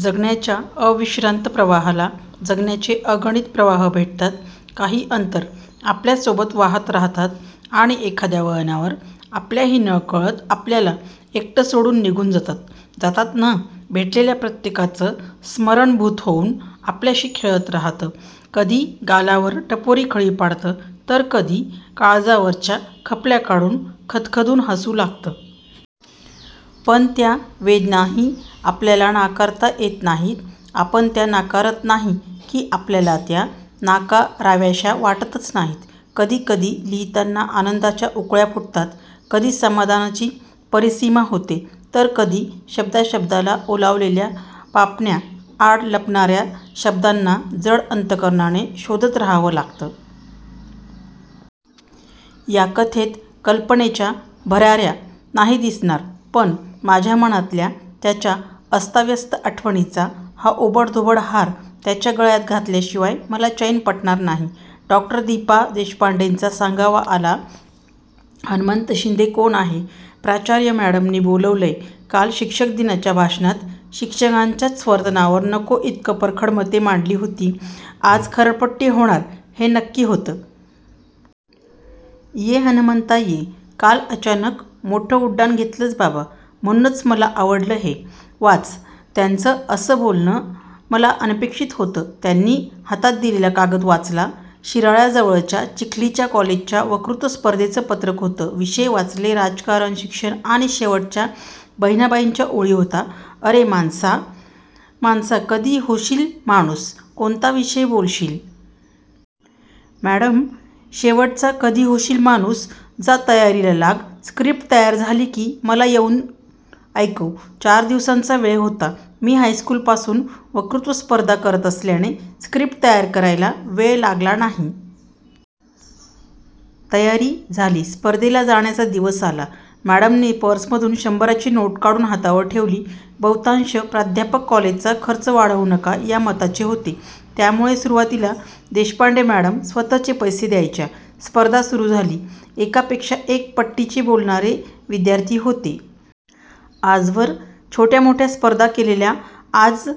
जगण्याच्या अविश्रांत प्रवाहाला जगण्याचे अगणित प्रवाह भेटतात. काही अंतर आपल्यासोबत वाहत राहतात. आणि एखाद्या वळणावर आपल्याही नकळत आपल्याला एकटं सोडून निघून जातात. जातात ना? भेटलेल्या प्रत्येकाचं स्मरण भुत होऊन आपल्याशी खेळत राहतं. कधी गालावर टपोरी खळी पाडतं तर कधी काळजावरच्या खपल्या काढून खदखदून हसू लागतं. पण त्या वेदनाही आपल्याला नाकारता येत नाहीत. आपण त्या नाकारत नाही.की आपल्याला त्या नाकाराव्याश्या वाटतच नाहीत? कधी कधी लिहीताना आनंदाच्या उकळ्या फुटतात. कधी समाधानाची परिसीमा होते.तर कधी शब्दा शब्दाला ओलावलेल्या पापण्या आड लपणार्या शब्दांना जड अंतकरणानं शोधत रहावं लागतं. या कथेत कल्पनेच्या भरार्या नाहीत दिसणार पण माझ्या मनातल्या त्याच्या अस्ताव्यस्त आठवणींचा हा ओबडधोबड हार त्याच्या गळ्यात घातल्याशिवाय मला चैन पडणार नाही.डॉ. दिपा देशपांडेंचा सांगावा आला "हणमंत शिंदे कोण आहे? प्राचार्य म्याडमनी बोलावलय" काल शिक्षक दिनाच्या भाषणात शिक्षकांच्याच वर्तनावर नको इतकी परखड मते मांडली होती आज खरडपट्टी होणार हे नक्की होतं. "ये हणमंता ये, काल अचानक मोठं उड्डाण घेतलसं बाबा? " "म्हणूनच मला आवडलं, हे वाच" त्यांचं असं बोलणं मला अनपेक्षीत होतं. त्यानी हातात दिलेला कागद वाचला शिराळ्याजवळच्या चिखलीच्या कॉलेजच्या वक्तृत्व स्पर्धेचं पत्रक होतं. विषय वाचले, राजकारण, शिक्षण आणि शेवटचा बहिणाबाईंच्या ओळी होत्या, अरे माणसा माणसा कधी होशीलं माणूसं, "कोणता विषय बोलशील? " "म्याडम शेवटचा कधी होशील माणूस " "जा तयारीला लाग स्क्रिप्ट तयार झाली की मला येऊन ऐकवं" चार दिवसांचा वेळ होता. मी हायस्कूलपासून वक्तृत्व स्पर्धा करत असल्याने स्क्रिप्ट तयार करायला वेळ लागला नाही. तयारी झाली, स्पर्धेला जाण्याचा दिवस आला. म्याडमनी पर्समधून शंभराची नोट काढून हातावर ठेवली. बहुतांश प्राध्यापक कॉलेजचा खर्च वाढवू नका या मताचे होते. त्यामुळे सुरूवातीला देशपांडे म्याडम स्वतःच पैसे द्यायच्या. स्पर्धा सुरू झाली. एकापेक्षा एक पट्टीचे बोलणारे विध्यार्थी होते. आजवर छोट्या मोठ्या स्पर्धा केलेल्या आज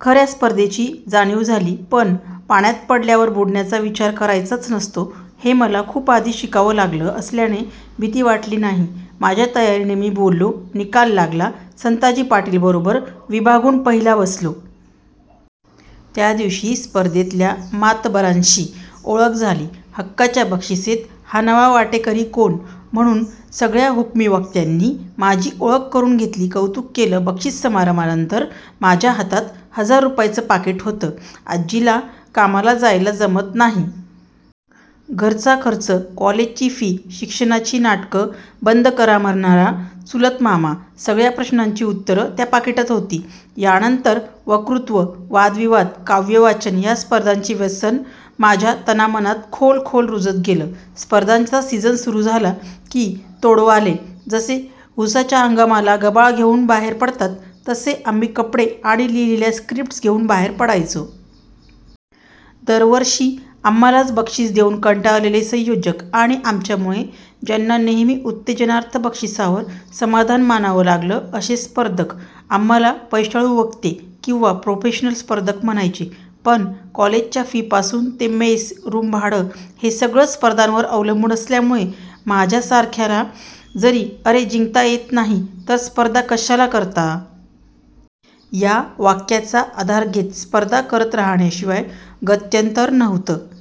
खर्या स्पर्धेची जाणीव झाली. पण, पाण्यात पडल्यावर बुडण्याचा विचार करायचाच नसतो हे मला खूप आधी शिकावं लागलं असल्यानं भिती वाटली नाही. माझ्या तयारीने मी बोललो. निकाल लागला संताजी पाटील बरोबर विभागून पहिला बसलो. त्यादिवशी स्पर्धेतल्या मातब्बरांशी ओळख झाली. हक्काच्या बक्षीसात हा नवा वाटेकरी कोण म्हणून सगळ्या हुकमी वक्त्यांनी माझी ओळख करून घेतली, कौतुक केलं. बक्षीस समारंभानंतर माझ्या हातात हजार रुपयांचं पाकिट होतं. आज्जीला कामाला जायला जमत नाही. घरचा खर्च? कॉलेजची फी? शिक्षणाची नाटकं बंद करा म्हणणारा चुलत मामा? सगळ्या प्रश्नांची ऊत्तरं त्या पाकिटात हो्ती. या नंतर वक्तृत्व, वाद विवाद, काव्यवाचन या स्पर्धांचं व्यसन माझ्या तना मनात खोल खोल रुजत गेलं, स्पर्धांचा सिझन सुरू झाला की तोडवाले जसे उसाच्या हंगामाला गबाळ घेऊन बाहेर पडतात तसे आम्ही कपडे आणि लिहीलेल्या स्क्रिप्ट्स घेऊन बाहेर पडायचो. दर वर्षी आम्हालाच बक्षीसं देऊन कंटाळलेले संयोजक आणि आमच्यामुळे ज्यांना नेहमी उत्तेजनार्थ बक्षीसावर समाधान मानावं लागलं असे स्पर्धक आम्हाला पैशाळू वक्ते किंवा प्रोफेशनल स्पर्धक म्हणायचे. पण कॉलेजच्या फी पासून ते मेस, रूम भाडं हे सगळच स्पर्धांवर अवलंबून असल्यामुळ माझ्यासारख्याला तरी 'अरे जिंकता येत नाही तर स्पर्धा कशाला करता? ' या वाक्याचा आधार घेत स्पर्धा करत राहण्याशिवाय गत्यंतर नव्हतं.